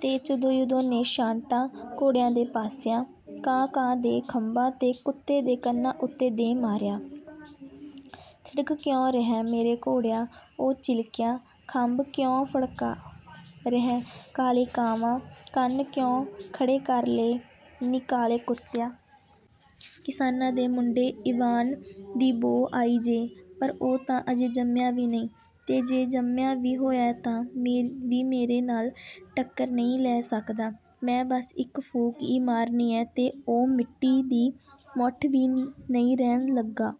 ਤੇ ਚੁਦੋ-ਯੁਦੋ ਨੇ ਛਾਂਟਾ ਘੋੜਿਆਂ ਦੇ ਪਾਸਿਆਂ, ਕਾਂ-ਕਾਂ ਦੇ ਖੰਭਾਂ ਤੇ ਕੁੱਤੇ ਦੇ ਕੰਨਾਂ ਉੱਤੇ ਦੇ ਮਾਰਿਆ। "ਥਿੜਕ ਕਿਉਂ ਰਿਹੈਂ, ਮੇਰੇ ਘੋੜਿਆ?" ਉਹ ਚਿਲਕਿਆ। "ਖੰਭ ਕਿਉਂ ਫੜਕਾ ਰਿਹੈਂ, ਕਾਲੇ ਕਾਂ-ਕਾਂਵਾ? ਕੰਨ ਕਿਉਂ ਖੜੇ ਕਰ ਲਏ ਨੀ, ਕਾਲੇ ਕੁੱਤਿਆ? ਕਿਸਾਨਾਂ ਦੇ ਮੁੰਡੇ ਈਵਾਨ ਦੀ ਬੋ ਆਈ ਜੇ? ਪਰ ਉਹ ਤਾਂ ਅਜੇ ਜੰਮਿਆ ਵੀ ਨਈ, ਤੇ ਜੇ ਜੰਮਿਆ ਵੀ ਹੋਇਐ, ਤਾਂ ਵੀ ਮੇਰੇ ਨਾਲ ਟੱਕਰ ਨਈ ਲੈ ਸਕਦਾ। ਮੈਂ ਬਸ ਇੱਕ ਫੂਕ ਈ ਮਾਰਨੀ ਏਂ, ਤੇ ਉਹ ਮਿੱਟੀ ਦੀ ਮੁੱਠ ਵੀ ਨੀ ਰਹਿਣ ਲੱਗਾ।"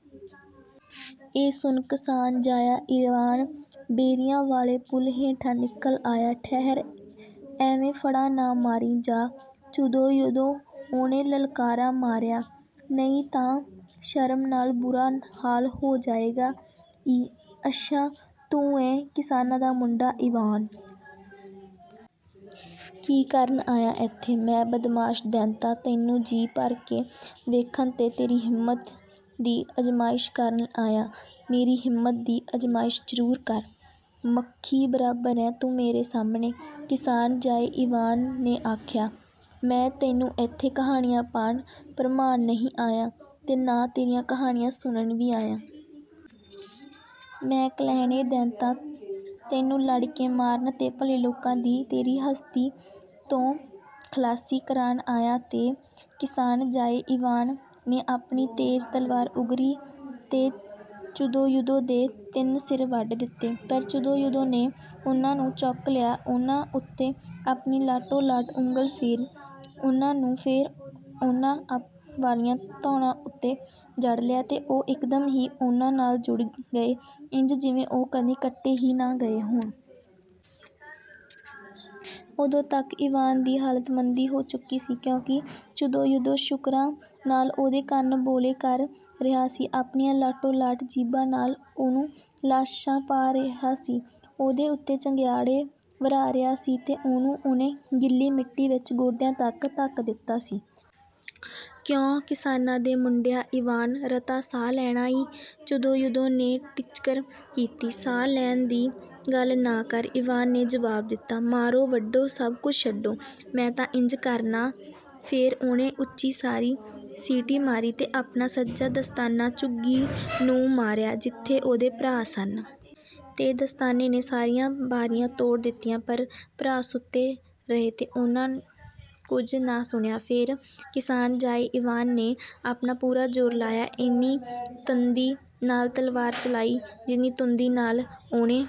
ਇਹ ਸੁਣ ਕਿਸਾਨ-ਜਾਇਆ ਈਵਾਨ ਬੇਰੀਆਂ ਵਾਲੇ ਪੁਲ ਹੇਠਾਂ ਨਿਕਲ ਆਇਆ।"ਠਹਿਰ, ਐਵੇਂ ਫੜਾਂ ਨਾ ਮਾਰੀ ਜਾ, ਚੁਦੋ-ਯੁਦੋ," ਉਹਨੇ ਲਲਕਾਰਾ ਮਾਰਿਆ, "ਨਹੀਂ ਤਾਂ ਸ਼ਰਮ ਨਾਲ ਬੁਰਾ ਹਾਲ ਹੋ ਜਾਏਗਾ ਈ।" "ਹੱਛਾ, ਤੂੰ ਏਂ, ਕਿਸਾਨਾਂ ਦਾ ਮੁੰਡਾ ਈਵਾਨ! ਕੀ ਕਰਨ ਆਇਐ ਏਥੇ?" "ਮੈਂ, ਬਦਮਾਸ਼ ਦੈਂਤਾ, ਤੈਨੂੰ ਜੀ ਭਰ ਕੇ ਵੇਖਣ ਤੇ ਤੇਰੀ ਹਿੰਮਤ ਦੀ ਅਜ਼ਮਾਇਸ਼ ਕਰਨ ਆਇਆ!" "ਮੇਰੀ ਹਿੰਮਤ ਦੀ ਅਜ਼ਮਾਇਸ਼ ਜ਼ਰੂਰ ਕਰ! ਮੱਖੀ ਬਰਾਬਰ ਏਂ ਤੂੰ ਮੇਰੇ ਸਾਹਮਣੇ!" ਕਿਸਾਨ-ਜਾਏ ਈਵਾਨ ਨੇ ਆਖਿਆ: "ਮੈਂ ਤੈਨੂੰ ਏਥੇ ਕਹਾਣੀਆਂ ਪਾ ਭਰਮਾਣ ਨਹੀਂ ਆਇਆਂ, ਤੇ ਨਾ ਤੇਰੀਆਂ ਕਹਾਣੀਆਂ ਸੁਣਨ ਵੀ ਆਇਆਂ। ਮੈਂ ਕੁਲਹਿਣੇ ਦੈਂਤਾਂ, ਤੈਨੂੰ ਲੜ ਕੇ ਮਾਰਨ ਤੇ ਭਲੇ ਲੋਕਾਂ ਦੀ ਤੇਰੀ ਹਸਤੀ ਤੋਂ ਖਲਾਸੀ ਕਰਾਣ ਆਇਆਂ!" ਤੇ ਕਿਸਾਨ-ਜਾਏ ਈਵਾਨ ਨੇ ਆਪਣੀ ਤੇਜ਼ ਤਲਵਾਰ ਉਗਰੀ ਤੇ ਚੁਦੋ-ਯੁਦੋ ਦੇ ਤਿੰਨ ਸਿਰ ਵੱਢ ਦਿੱਤੇ। ਪਰ ਚੁਦੋ-ਯੁਦੋ ਨੇ ਉਹਨਾਂ ਨੂੰ ਚੁੱਕ ਲਿਆ ਤੇ ਉਹਨਾਂ ਉੱਤੇ ਆਪਣੀ ਲਾਟੋ-ਲਾਟ ਉਂਗਲੀ ਫੇਰ ਉਹਨਾਂ ਨੂੰ ਫੇਰ ਉਹਨਾਂ ਵਾਲੀਆਂ ਧੌਣਾਂ ਉੱਤੇ ਜੜ ਲਿਆ, ਤੇ ਉਹ ਇਕਦਮ ਹੀ ਉਹਨਾਂ ਨਾਲ ਜੁੜ ਗਏ, ਇੰਜ ਜਿਵੇਂ ਉਹ ਕਦੀ ਕੱਟੇ ਹੀ ਨਾ ਗਏ ਹੋਣ। ਓਦੋਂ ਤੱਕ ਈਵਾਨ ਦੀ ਹਾਲਤ ਮੰਦੀ ਹੋ ਚੁਕੀ ਸੀ, ਕਿਉਂਕਿ ਚੁਦੋ-ਯੁਦੋ ਸ਼ੂਕਰਾਂ ਨਾਲ ਉਹਦੇ ਕੰਨ ਬੋਲੇ ਕਰ ਰਿਹਾ ਸੀ, ਆਪਣੀਆਂ ਲਾਟੋ-ਲਾਟ ਜੀਭਾਂ ਨਾਲ ਉਹਨੂੰ ਲਾਸ਼ਾਂ ਪਾ ਰਿਹਾ ਸੀ, ਉਹਦੇ ਉੱਤੇ ਚੰਗਿਆੜੇ ਵਰ੍ਹਾ ਰਿਹਾ ਸੀ ਤੇ ਉਹਨੂੰ ਉਹਨੇ ਗਿੱਲੀ ਮਿੱਟੀ ਵਿੱਚ ਗੋਡਿਆਂ ਤੱਕ ਧੱਕ ਦਿੱਤਾ ਸੀ। "ਕਿਉਂ, ਕਿਸਾਨਾਂ ਦੇ ਮੁੰਡਿਆ, ਈਵਾਨ, ਰਤਾ ਸਾਹ ਲੈਣਾ ਈ?" ਚੁਦੋ-ਯੁਦੋ ਨੇ ਟਿੱਚਕਰ ਕੀਤੀ। "ਸਾਹ ਲੈਣ ਦੀ ਗੱਲ ਨਾ ਕਰ," ਈਵਾਨ ਨੇ ਜਵਾਬ ਦਿੱਤਾ। "ਮਾਰੋ, ਵੱਢੋ, ਸਭ ਕੁਝ ਛੱਡੋ, ਮੈਂ ਤਾਂ ਇੰਜ ਕਰਨਾ!" ਫੇਰ ਉਹਨੇ ਉੱਚੀ ਸਾਰੀ ਸੀਟੀ ਮਾਰੀ ਤੇ ਆਪਣਾ ਸੱਜਾ ਦਸਤਾਨਾ ਝੁੱਗੀ ਨੂੰ ਮਾਰਿਆ—ਜਿੱਥੇ ਉਹਦੇ ਭਰਾ ਸਨ। ਤੇ ਦਸਤਾਨੇ ਨੇ ਸਾਰੀਆਂ ਬਾਰੀਆਂ ਤੋੜ ਦਿੱਤੀਆਂ, ਪਰ ਭਰਾ ਸੁੱਤੇ ਰਹੇ ਤੇ ਉਹਨਾਂ ਕੁਝ ਨਾ ਸੁਣਿਆ। ਫੇਰ, ਕਿਸਾਨ-ਜਾਏ ਈਵਾਨ ਨੇ ਆਪਣਾ ਪੂਰਾ ਜ਼ੋਰ ਲਾਇਆ, ਏਨੀ ਤੁੰਦੀ ਨਾਲ ਤਲਵਾਰ ਚਲਾਈ, ਜਿੰਨੀ ਤੁੰਦੀ ਨਾਲ ਉਹਨੇ